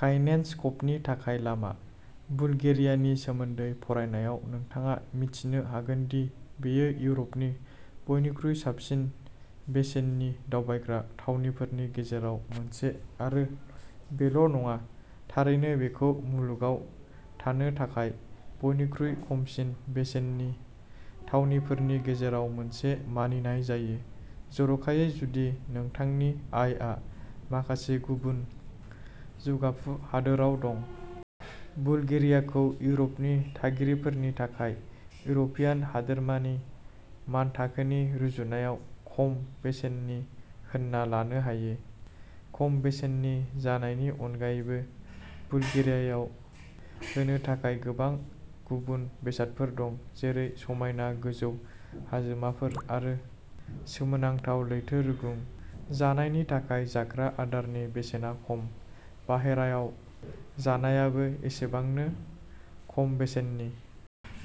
काइनेन्स कभनि थाखाय लामा। बुलगेरियानि सोमोन्दै फरायनायाव नोंथाङा मिथिनो हागोन दि बेयो इउरपनि बयनिख्रुइ खमसिन बेसेननि दावबायग्रा थावनिफोरनि गेजेराव मोनसे आरो बेल' नङा। थारैनो बेखौ मुलुगाव थानो थाखाय बयनिख्रुइ खमसिन बेसेननि थावनिफोरनि गेजेराव मोनसे मानिनाय जायो जर'खायै जुदि नोंथांनि आयआ माखासे गुबुन जौगाफु हादोरफोराव दं। बुलगेरियाखौ इयुननि थागिरिफोरनि थाखाय इउर'पियान हादोरमानि मानथाखोनि रुजुनायाव खम बेसेननि होनना लानो हायो। खम बेसेननि जानायनि अनगायैबो बुलगेरियायाव होनो थाखाय गोबां गुबुन बेसादफोर दं जेरै समायना गोजौ हाजोमाफोर आरो सोमोनांथाव लैथो रुगुं। जानायनि थाखाय जाग्रा आदारनि बेसेना खम बाहेरायाव जानायाबो एसेबांनो खम बेसेननि।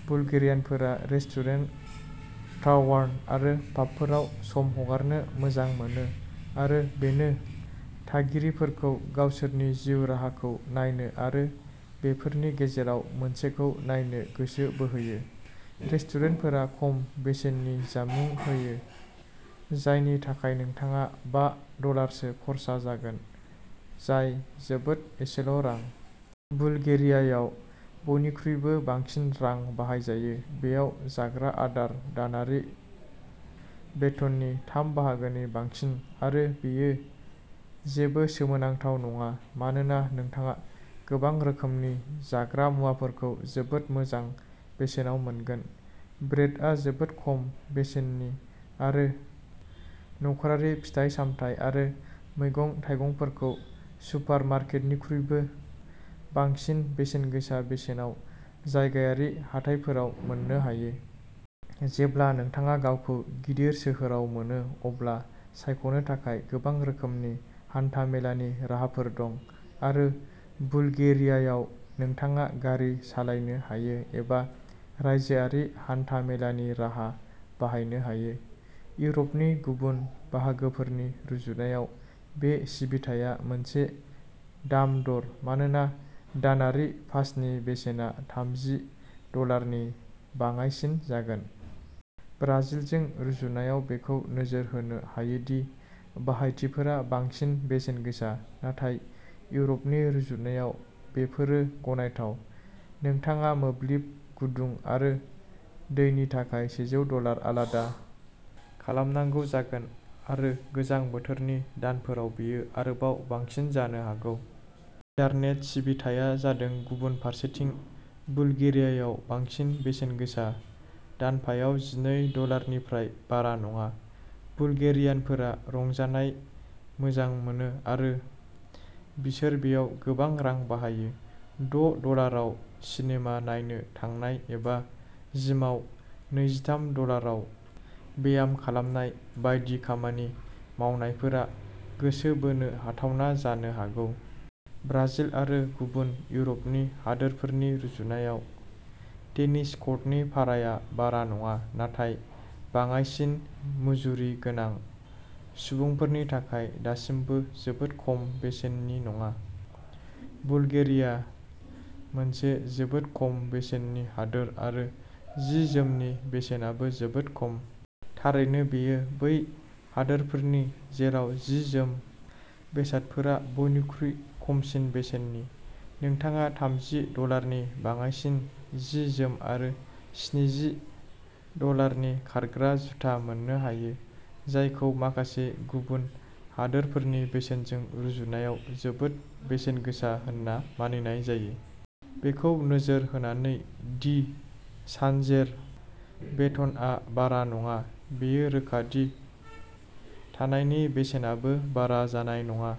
बुलगेरियानफोरा रेस्टुरेन्ट, टावार्न आरो पाबफोराव सम हगारनो मोजां मोनो आरो बेनो थागिरिफोरखौ गावसोरनि जिउ राहाखौ नायनो आरो बेफोरनि गेजेराव मोनसेखौ नायनो गोसो बोहोयो। रेस्टुरेन्टफोरा खम बेसेननि जामुं होयो जायनि थाखाय नोंथाङा बा डलारसो खर्सा जागोन जाय जोबोद एसेल' रां। बुलगेरियायाव बयनिख्रुइबो बांसिन रां बाहायजायो बेयाव जाग्रा आदार दानारि बेथननि थाम बाहागोनि बांसिन आरो बेयो जेबो सोमोनांथाव नङा मानोना नोंथाङा गोबां रोखोमनि जाग्रा मुवाफोरखौ जोबोद मोजां बेसेनाव मोनगोन। ब्रेडआ जोबोद खम बेसेननि आरो न'खरारि फिथाइ-सामथाइ आरो मैगं-थाइगंफोरखौ सुपारमार्केटनिख्रुइबो बांसिन बेसेनगोसा बेसेनाव जायगायारि हाथाइफोराव मोननो हायो। जेब्ला नोंथाङा गावखौ गिदिर सोहोराव मोनो अब्ला सायख'नो थाखाय गोबां रोखोमनि हान्था-मेलानि राहाफोर दं आरो बुलगेरियायाव नोंथाङा गारि सालायनो हायो एबा रायजोआरि हान्था-मेलानि राहा बाहायनो हायो। इउरपनि गुबुन बाहागोफोरनि रुजुनायाव बे सिबिथाया मोनसे दाम-दर मानोना दानारि पासनि बेसेना थामजि डलारनि बाङाइसिन जागोन। ब्राजिलजों रुजुनायाव बेखौ नोजोर होनो हायो दि बाहायथिफोरा बांसिन बेसेनगोसा नाथाय इउर'पनि रुजुनायाव बेफोरो गनायथाव। नोंथाङा मोब्लिब गुदुं आरो दैनि थाखाय सेजौ डलार आलादा खालामनांगौ जागोन आरो गोजां बोथोरनि दानफोराव बेयो आरोबाव बांसिन जानो हागौ। इन्टारनेट सिबिथाया जादों गुबुन फारसेथिं बुलगेरियायाव बांसिन बेसेनगोसा दानफायाव जिनै डलारनिफ्राय बारा नङा। बुलगेरियानफोरा रंजानाय मोजां मोनो आरो बिसोर बेयाव गोबां रां बाहायो। द' डलाराव सिनेमा नायनो थांनाय एबा जिमाव नैजिथाम डलाराव ब्याम खालामनाय बायदि खामानि मावनायफोरा गोसो बोनो हाथावना जानो हागौ। ब्राजिल आरो गुबुन इउर'पनि हादोरफोरनि रुजुनायाव टेनिस क'र्टनि भाराया बारा नङा नाथाय बाङाइसिन मुजुरि गोनां सुबुंफोरनि थाखाय दासिमबो जोबोद खम बेसेननि नङा। बुलगेरिया मोनसे जोबोद खम बेसेननि हादोर आरो जि-जोमनि बेसेनाबो जोबोद खम। थारैनो बेयो बै हादोरफोरनि जेराव जि-जोम बेसादफोरा बयनिख्रुइ खमसिन बेसेननि। नोंथाङा थामजि डलारनि बाङाइसिन जि-जोम आरो स्निजि डलारनि खारग्रा जुथा मोननो हायो। जायखौ माखासे गुबुन हादोरफोरनि बेसेनजों रुजुनायाव जोबोद बेसेनगोसा होनना मानिनाय जायो। बेखौ नोजोर होनानै दि सानजेर बेथनआ बारा नङा बेयो रोखा दि थानायनि बेसेनाबो बारा जानाय नङा।